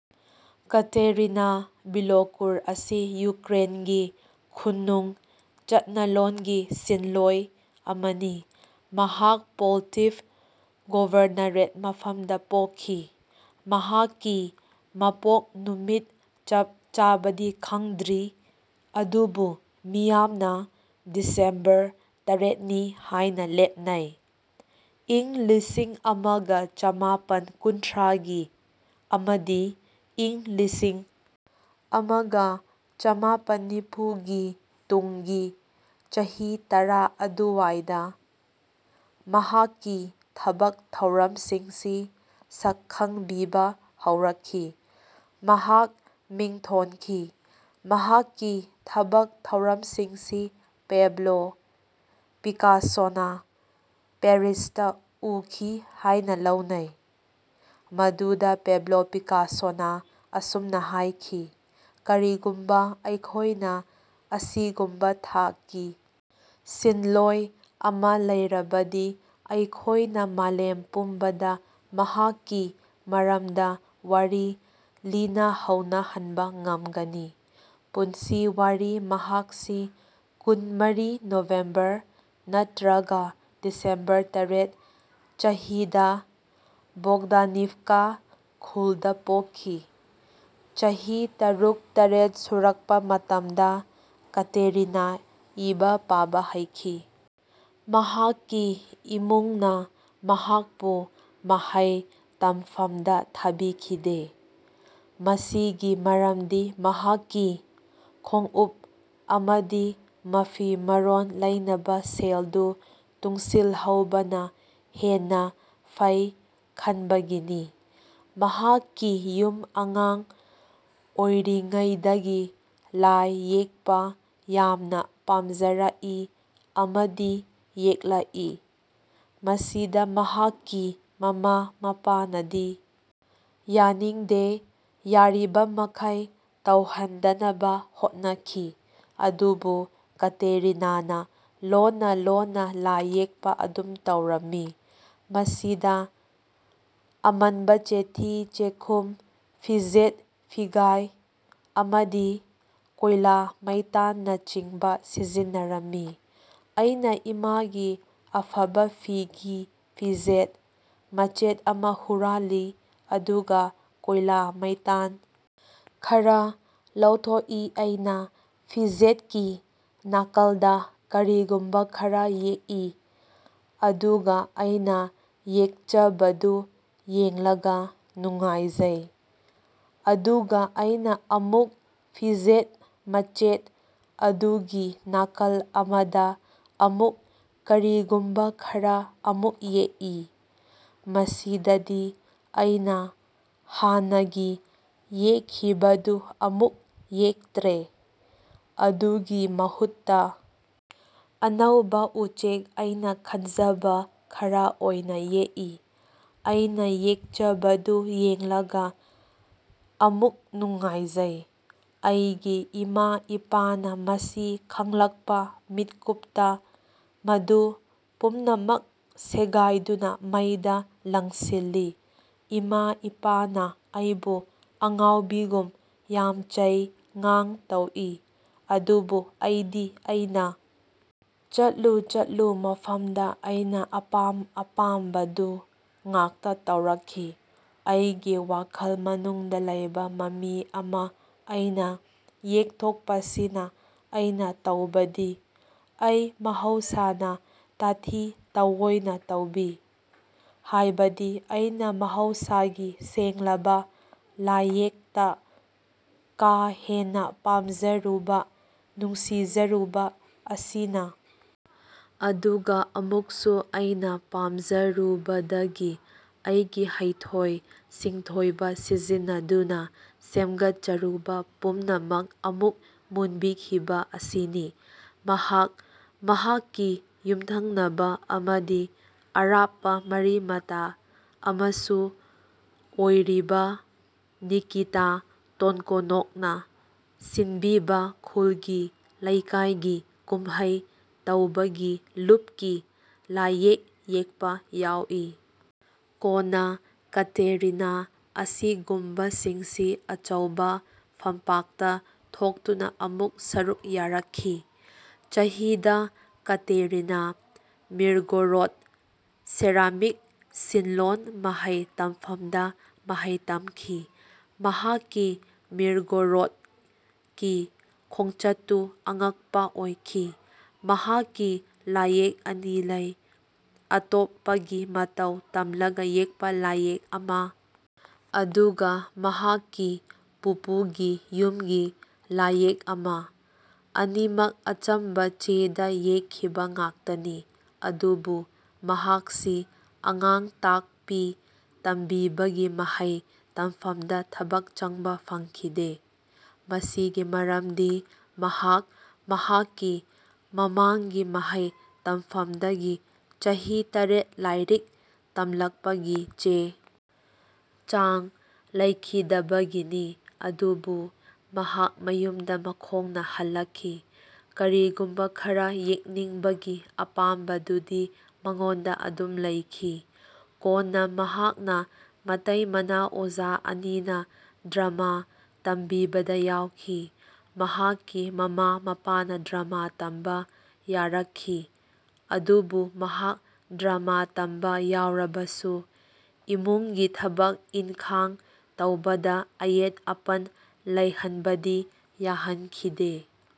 Katerina Bilokur ꯑꯁꯤ ꯌꯨꯀ꯭ꯔꯦꯟꯒꯤ ꯈꯨꯟꯅꯨꯡ ꯆꯠꯅꯂꯣꯟꯒꯤ ꯁꯤꯟꯂꯣꯢ ꯑꯃꯅꯤ꯫ ꯃꯍꯥꯛ ꯄꯣꯜꯇꯥꯚ ꯒꯣꯚꯔꯅꯔꯦꯠ ꯃꯐꯝꯗ ꯄꯣꯛꯈꯤ꯫ ꯃꯍꯥꯛꯀꯤ ꯃꯄꯣꯛ ꯅꯨꯃꯤꯠ ꯆꯞ ꯆꯥꯕꯗꯤ ꯈꯪꯗ꯭ꯔꯤ ꯑꯗꯨꯕꯨ ꯃꯌꯥꯝꯅ ꯗꯤꯁꯦꯝꯕꯔ ꯇꯥꯔꯦꯠꯅꯤ ꯍꯥꯢꯅ ꯂꯦꯞꯅꯩ꯫ ꯏꯪ ꯂꯤꯁꯤꯡ ꯑꯃꯒ ꯆꯃꯥꯄꯟ ꯀꯨꯟꯊ꯭ꯔꯥꯒꯤ ꯑꯃꯗꯤ ꯏꯪ ꯂꯤꯁꯤꯡ ꯑꯃꯒ ꯆꯃꯥꯄꯟ ꯅꯤꯐꯨ ꯒꯤ ꯇꯨꯡꯒꯤ ꯆꯍꯤ ꯇꯔꯥ ꯑꯗꯨꯋꯥꯢꯗ ꯃꯍꯥꯛꯀꯤ ꯊꯕꯛ ꯊꯧꯔꯝꯁꯤꯡꯁꯤ ꯁꯛꯈꯪꯕꯤꯕ ꯍꯧꯔꯛꯈꯤ꯫ ꯃꯍꯥꯛ ꯃꯤꯡꯊꯣꯟꯈꯤ꯫ ꯃꯍꯥꯛꯀꯤ ꯊꯕꯛ ꯊꯧꯔꯝꯁꯤꯡꯁꯤ ꯄꯦꯕ꯭ꯂꯣ ꯄꯤꯀꯥꯁꯣꯅ ꯄꯦꯔꯤꯁꯇ ꯎꯈꯤ ꯍꯥꯢꯅ ꯂꯧꯅꯩ꯫ ꯃꯗꯨꯗ ꯄꯦꯕ꯭ꯂꯣ ꯄꯤꯀꯥꯁꯣꯅ ꯑꯁꯨꯝꯅ ꯍꯥꯢꯈꯤ, ꯀꯔꯤꯒꯨꯝꯕ ꯑꯩꯈꯣꯢꯅ ꯑꯁꯤꯒꯨꯝꯕ ꯊꯥꯛꯀꯤ ꯁꯤꯟꯂꯣꯢ ꯑꯃ ꯂꯩꯔꯕꯗꯤ, ꯑꯩꯈꯣꯢꯅ ꯃꯥꯂꯦꯝ ꯄꯨꯝꯕꯗ ꯃꯍꯥꯛꯀꯤ ꯃꯔꯝꯗ ꯋꯥꯔꯤ ꯂꯤꯅꯍꯧꯅꯍꯟꯕ ꯉꯝꯒꯅꯤ꯫ ꯄꯨꯟꯁꯤ ꯋꯥꯔꯤ ꯃꯍꯥꯛꯁꯤ ꯀꯨꯟ-ꯃꯔꯤ ꯅꯣꯚꯦꯝꯕꯔ (ꯅꯠꯇ꯭ꯔꯒ ꯗꯤꯁꯦꯝꯕꯔ ꯇꯔꯦꯠ) ꯆꯍꯤꯗ ꯕꯣꯒꯗꯥꯅꯤꯚꯀꯥ ꯈꯨꯜꯗ ꯄꯣꯛꯈꯤ꯫ ꯆꯍꯤ ꯇꯔꯨꯛ - ꯇꯔꯦꯇ ꯁꯨꯔꯛꯄ ꯃꯇꯝꯗ ꯀꯇꯦꯔꯤꯅꯥ ꯏꯕ ꯄꯥꯕ ꯍꯩꯈꯤ꯫ ꯃꯍꯥꯛꯀꯤ ꯏꯃꯨꯡꯅ ꯃꯍꯥꯛꯄꯨ ꯃꯍꯩ ꯇꯝꯐꯝꯗ ꯊꯥꯕꯤꯈꯤꯗꯦ꯫ ꯃꯁꯤꯒꯤ ꯃꯔꯝꯗꯤ ꯃꯍꯥꯛꯀꯤ ꯈꯣꯡꯎꯞ ꯑꯃꯗꯤ ꯃꯐꯤ ꯃꯔꯣꯟ ꯂꯩꯅꯕ ꯁꯦꯜꯗꯨ ꯇꯨꯡꯁꯤꯜꯍꯧꯕꯅ ꯍꯦꯟꯅ ꯐꯩ ꯈꯟꯕꯒꯤꯅꯤ꯫ ꯃꯍꯥꯛꯀꯤ ꯌꯥꯝ ꯑꯉꯥꯡ ꯑꯣꯢꯔꯤꯉꯩꯗꯒꯤ ꯂꯥꯢ ꯌꯦꯛꯄ ꯌꯥꯝꯅ ꯄꯥꯝꯖꯔꯛꯏ ꯑꯃꯗꯤ ꯌꯦꯛꯂꯛꯏ꯫ ꯃꯁꯤꯗ ꯃꯍꯥꯛꯀꯤ ꯃꯃꯥ ꯃꯄꯥꯅꯗꯤ ꯌꯥꯅꯤꯡꯗꯦ, ꯌꯥꯔꯤꯕꯃꯈꯩ ꯇꯧꯍꯟꯗꯅꯕ ꯍꯣꯠꯅꯈꯤ꯫ ꯑꯗꯨꯕꯨ ꯀꯇꯦꯔꯤꯅꯥꯅ ꯂꯣꯟꯅ ꯂꯣꯟꯅ ꯂꯥꯢ ꯌꯦꯛꯄ ꯑꯗꯨꯝ ꯇꯧꯔꯝꯃꯤ꯫ ꯃꯁꯤꯗ ꯑꯃꯟꯕ ꯆꯦꯊꯤ ꯆꯦꯈꯨꯝ, ꯐꯤꯖꯦꯠ ꯐꯤꯒꯥꯢ ꯑꯃꯗꯤ ꯀꯣꯢꯂꯥ ꯃꯩꯇꯥꯟꯅꯆꯤꯡꯕ ꯁꯤꯖꯤꯟꯅꯔꯝꯃꯤ꯫ "ꯑꯩꯅ ꯏꯃꯥꯒꯤ ꯑꯐꯕ ꯐꯤꯒꯤ ꯐꯤꯖꯦꯠ ꯃꯆꯦꯠ ꯑꯃ ꯍꯨꯔꯥꯜꯂꯤ ꯑꯗꯨꯒ ꯀꯣꯢꯂꯥ ꯃꯩꯇꯥꯟ ꯈꯔ ꯂꯧꯊꯣꯛꯏꯑꯩꯅ ꯐꯤꯖꯦꯠꯀꯤ ꯅꯥꯀꯜꯗ ꯀꯔꯤꯒꯨꯝꯕ ꯈꯔ ꯌꯦꯛꯏ, ꯑꯗꯨꯒ ꯑꯩꯅ ꯌꯦꯛꯆꯕꯗꯨ ꯌꯦꯡꯂꯒ ꯅꯨꯡꯉꯥꯢꯖꯩ꯫ ꯑꯗꯨꯒ ꯑꯩꯅ ꯑꯃꯨꯛ ꯐꯤꯖꯦꯠ ꯃꯆꯦꯠ ꯑꯗꯨꯒꯤ ꯅꯥꯀꯜ ꯑꯃꯗ ꯑꯃꯨꯛ ꯀꯔꯤꯒꯨꯝꯕ ꯈꯔ ꯑꯃꯨꯛ ꯌꯦꯛꯏ꯫ ꯃꯁꯤꯗꯗꯤ ꯑꯩꯅ ꯍꯥꯟꯅꯒꯤ ꯌꯦꯛꯈꯤꯕꯗꯨ ꯑꯃꯨꯛ ꯌꯦꯛꯇ꯭ꯔꯦ꯫ ꯑꯗꯨꯒꯤ ꯃꯍꯨꯠꯇ ꯑꯅꯧꯕ ꯎꯆꯦꯛ ꯑꯩꯅ ꯈꯟꯖꯕ ꯈꯔ ꯑꯣꯢꯅ ꯌꯦꯛꯏ꯫ ꯑꯩꯅ ꯌꯦꯛꯆꯕꯗꯨ ꯌꯦꯡꯂꯒ ꯑꯃꯨꯛ ꯅꯨꯡꯉꯥꯢꯖꯩ꯫ ꯑꯩꯒꯤ ꯏꯃꯥ ꯏꯄꯥꯅ ꯃꯁꯤ ꯈꯪꯂꯛꯄ ꯃꯤꯠꯀꯨꯞꯇ ꯃꯗꯨ ꯄꯨꯝꯅꯃꯛ ꯁꯦꯒꯥꯢꯗꯨꯅ ꯃꯩꯗ ꯂꯪꯁꯤꯜꯂꯤ꯫ ꯏꯃꯥ ꯏꯄꯥꯅ ꯑꯩꯕꯨ ꯑꯉꯥꯎꯕꯤꯒꯨꯝ ꯌꯥꯝ ꯆꯩ ꯉꯥꯡ ꯇꯧꯏ꯫ꯑꯗꯨꯕꯨ ꯑꯩꯗꯤ ꯑꯩꯅ ꯆꯠꯂꯨ ꯆꯠꯂꯨ ꯃꯐꯝꯗ ꯑꯩꯅ ꯑꯄꯥꯝ ꯑꯄꯥꯝꯕꯗꯨ ꯉꯥꯛꯇ ꯇꯧꯔꯛꯈꯤ꯫ ꯑꯩꯒꯤ ꯋꯥꯈꯜ ꯃꯅꯨꯡꯗ ꯂꯩꯕ ꯃꯃꯤ ꯑꯃ ꯑꯩꯅ ꯌꯦꯛꯊꯣꯛꯄꯁꯤꯅꯤ ꯑꯩꯅ ꯇꯧꯕꯗꯤ꯫ ꯑꯩ ꯃꯍꯧꯁꯥꯅ ꯇꯥꯊꯤ ꯇꯥꯋꯣꯢꯅ ꯇꯧꯕꯤ꯫ ꯍꯥꯢꯕꯗꯤ ꯑꯩꯅ ꯃꯍꯧꯁꯥꯒꯤ ꯁꯦꯡꯂꯕ ꯂꯥꯢꯌꯦꯛꯇ ꯀꯥ ꯍꯦꯟꯅ ꯄꯥꯝꯖꯔꯨꯕ ꯅꯨꯡꯁꯤꯖꯔꯨꯕ ꯑꯁꯤꯅꯤ꯫ ꯑꯗꯨꯒ ꯑꯃꯨꯛꯁꯨ ꯑꯩꯅ ꯄꯥꯝꯖꯔꯨꯕꯗꯒꯤ ꯑꯩꯒꯤ ꯍꯩꯊꯣꯢ ꯁꯤꯡꯊꯣꯢꯕ ꯁꯤꯖꯤꯟꯅꯗꯨꯅ ꯁꯦꯝꯒꯠꯆꯔꯨꯕ ꯄꯨꯝꯅꯃꯛ ꯑꯃꯨꯛ ꯃꯨꯟꯕꯤꯈꯤꯕ ꯑꯁꯤꯅꯤ"꯫ ꯃꯍꯥꯛ ꯃꯍꯥꯛꯀꯤ ꯌꯨꯝꯊꯪꯅꯕ ꯑꯃꯗꯤ ꯑꯔꯥꯞꯄ ꯃꯔꯤ ꯃꯇꯥ ꯑꯃꯁꯨ ꯑꯣꯢꯔꯤꯕ ꯅꯤꯀꯤꯇꯥ ꯇꯣꯟꯀꯣꯅꯣꯒꯅ ꯁꯤꯟꯕꯤꯕ ꯈꯨꯜꯒꯤ ꯂꯩꯀꯥꯢꯒꯤ ꯀꯨꯝꯍꯩ ꯇꯧꯕꯒꯤ ꯂꯨꯞꯀꯤ ꯂꯥꯢꯌꯦꯛ ꯌꯦꯛꯄ ꯌꯥꯎꯏ꯫ ꯀꯣꯟꯅ ꯀꯇꯦꯔꯤꯅꯥ ꯑꯁꯤꯒꯨꯝꯕꯁꯤꯡꯁꯤ ꯑꯆꯧꯕ ꯐꯝꯄꯥꯛꯇ ꯊꯣꯛꯇꯨꯅ ꯑꯃꯨꯛ ꯁꯔꯨꯛ ꯌꯥꯔꯛꯈꯤ꯫ ꯆꯍꯤꯗ ꯀꯇꯦꯔꯤꯅꯥ ꯃꯤꯔꯒꯣꯔꯣꯗ ꯁꯦꯔꯥꯃꯤꯛ ꯁꯤꯟꯂꯣꯟ ꯃꯍꯩ ꯇꯝꯐꯝꯗ ꯃꯍꯩ ꯇꯝꯈꯤ꯫ ꯃꯍꯥꯛꯀꯤ ꯃꯤꯔꯒꯣꯔꯣꯗꯀꯤ ꯈꯣꯡꯆꯠꯇꯨ ꯑꯉꯛꯄ ꯑꯣꯢꯈꯤ꯫ ꯃꯍꯥꯛꯀꯤ ꯂꯥꯢꯌꯦꯛ ꯑꯅꯤ ꯂꯩ, ꯑꯇꯣꯞꯄꯒꯤ ꯃꯇꯧ ꯇꯝꯂꯒ ꯌꯦꯛꯄ ꯂꯥꯢꯌꯦꯛ ꯑꯃ ꯑꯗꯨꯒ ꯃꯍꯥꯛꯀꯤ ꯄꯨꯄꯨꯒꯤ ꯌꯨꯝꯒꯤ ꯂꯥꯢꯌꯦꯛ ꯑꯃ꯫ ꯑꯅꯤꯃꯛ ꯑꯆꯝꯕ ꯆꯦꯗ ꯌꯦꯛꯈꯤꯕ ꯉꯥꯛꯇꯅꯤ꯫ ꯑꯗꯨꯕꯨ ꯃꯍꯥꯛꯁꯤ ꯑꯉꯥꯡ ꯇꯥꯛꯄꯤ ꯇꯝꯕꯤꯕꯒꯤ ꯃꯍꯩ ꯇꯝꯐꯝꯗ ꯊꯕꯛ ꯆꯪꯕ ꯐꯪꯈꯤꯗꯦ꯫ ꯃꯁꯤꯒꯤ ꯃꯔꯝꯗꯤ ꯃꯍꯥꯛ ꯃꯍꯥꯛꯀꯤ ꯃꯃꯥꯡꯒꯤ ꯃꯍꯩ ꯇꯝꯐꯝꯗꯒꯤ ꯆꯍꯤ ꯇꯔꯦꯠ ꯂꯥꯢꯔꯤꯛ ꯇꯝꯂꯛꯄꯒꯤ ꯆꯦ ꯆꯥꯡ ꯂꯩꯈꯤꯗꯕꯒꯤꯅꯤ꯫ ꯑꯗꯨꯅ ꯃꯍꯥꯛ ꯃꯌꯨꯝꯗ ꯃꯈꯣꯡꯅ ꯍꯜꯂꯛꯈꯤ꯫ ꯀꯔꯤꯒꯨꯝꯕ ꯈꯔ ꯌꯦꯛꯅꯤꯡꯕꯒꯤ ꯑꯄꯥꯝꯕꯗꯨꯗꯤ ꯃꯉꯣꯟꯗ ꯑꯗꯨꯝ ꯂꯩꯈꯤ꯫ ꯀꯣꯟꯅ ꯃꯍꯥꯛꯅ ꯃꯇꯩ ꯃꯅꯥꯎ ꯑꯣꯖꯥ ꯑꯅꯤꯅ ꯗ꯭ꯔꯥꯃꯥ ꯇꯝꯕꯤꯕꯗ ꯌꯥꯎꯈꯤ꯫ ꯃꯍꯥꯛꯀꯤ ꯃꯃꯥ ꯃꯄꯥꯅ ꯗ꯭ꯔꯥꯃꯥ ꯇꯝꯕ ꯌꯥꯔꯛꯈꯤ꯫ ꯑꯗꯨꯕꯨ ꯃꯍꯥꯛ ꯗ꯭ꯔꯥꯃꯥ ꯇꯝꯕ ꯌꯥꯎꯔꯕꯁꯨ ꯏꯃꯨꯡꯒꯤ ꯊꯕꯛ ꯏꯟꯈꯥꯡ ꯇꯧꯕꯗ ꯑꯌꯦꯠ ꯑꯄꯟ ꯂꯩꯍꯟꯕꯗꯤ ꯌꯥꯍꯟꯈꯤꯗꯦ꯫